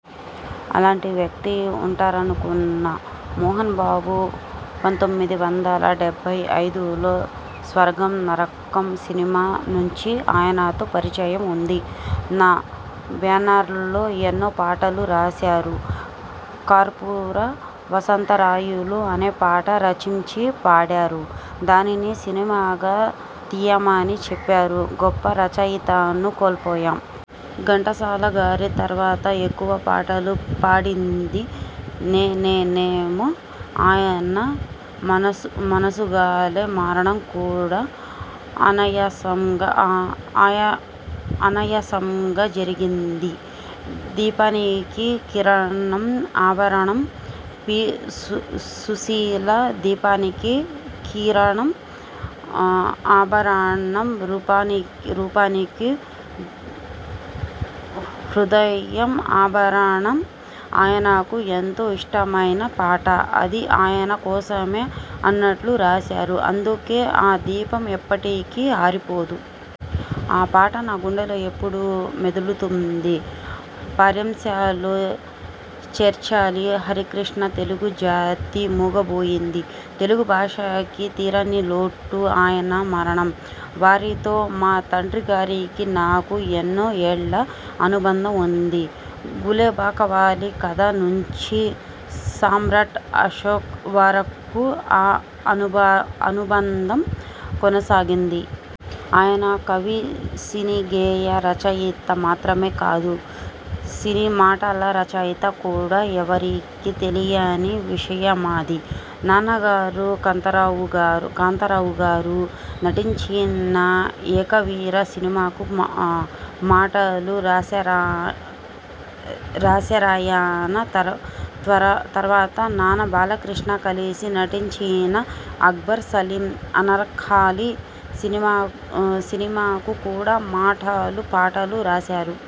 అలాంటి వ్యక్తి ఉంటారనుకోను మోహన్ బాబు పంతొమ్మిది వందల డెబ్బై ఐదులో 'స్వర్గం-నరకం' సినిమా నుంచీ ఆయనతో పరిచయం ఉంది. నా బ్యానర్లో ఎన్నో పాటలు రాశారు. 'కర్పూర వసంతరాయలు' అనే పాట రచించి పాడారు. దానిని సినిమాగా తియ్యమని చెప్పారు. గొప్ప రచయితను కోల్పోయాం. ఘంటసాల గారి తర్వాత ఎక్కువ పాటలు పాడింది నేనేనేమో. ఆయన మనసులాగే మరణం కూడా అనాయాసంగా జరిగింది. దీపానికి కిరణం ఆభరణం పి. సుశీల'దీపానికి కిరణం ఆభరణం.. రూపానికి హృదయం ఆభరణం' ఆయనకు ఎంతో ఇష్టమైన పాట అది. ఆయన కోసమే అన్నట్లు రాశారు. అందుకే ఆ దీపం ఎప్పటికీ ఆరిపోదు. ఆ పాట నా గుండెల్లో ఎప్పుడూ మెదులుతుంది. పాఠ్యాంశాల్లో చేర్చాలి హరికృష్ణతెలుగు జాతి మూగబోయింది. తెలుగు భాషకి తీరనిలోటు ఆయన మరణం. వారితో మా తండ్రిగారికీ, నాకూ ఎన్నో ఏళ్ల అనుబంధం ఉంది. 'గులేబకావళి కథ' నుంచీ 'సామ్రాట్ అశోక్' వరకూ ఆ అనుబంధం కొనసాగింది. ఆయన కవి, సినీ గేయ రచయిత మాత్రమే కాదు. సినీ మాటల రచయిత కూడా. ఎవరికీ తెలియని విషయమది. నాన్నగారు, కాంతారావుగారు నటించిన 'ఏకవీర' సినిమాకు మాటలు రాశారాయన. తర్వాత నాన్న, బాలకృష్ణ కలిసి నటించిన 'అక్బర్ సలీమ్ అనార్కలి' సినిమాకు కూడా మాటలూ, పాటలూ రాశారు.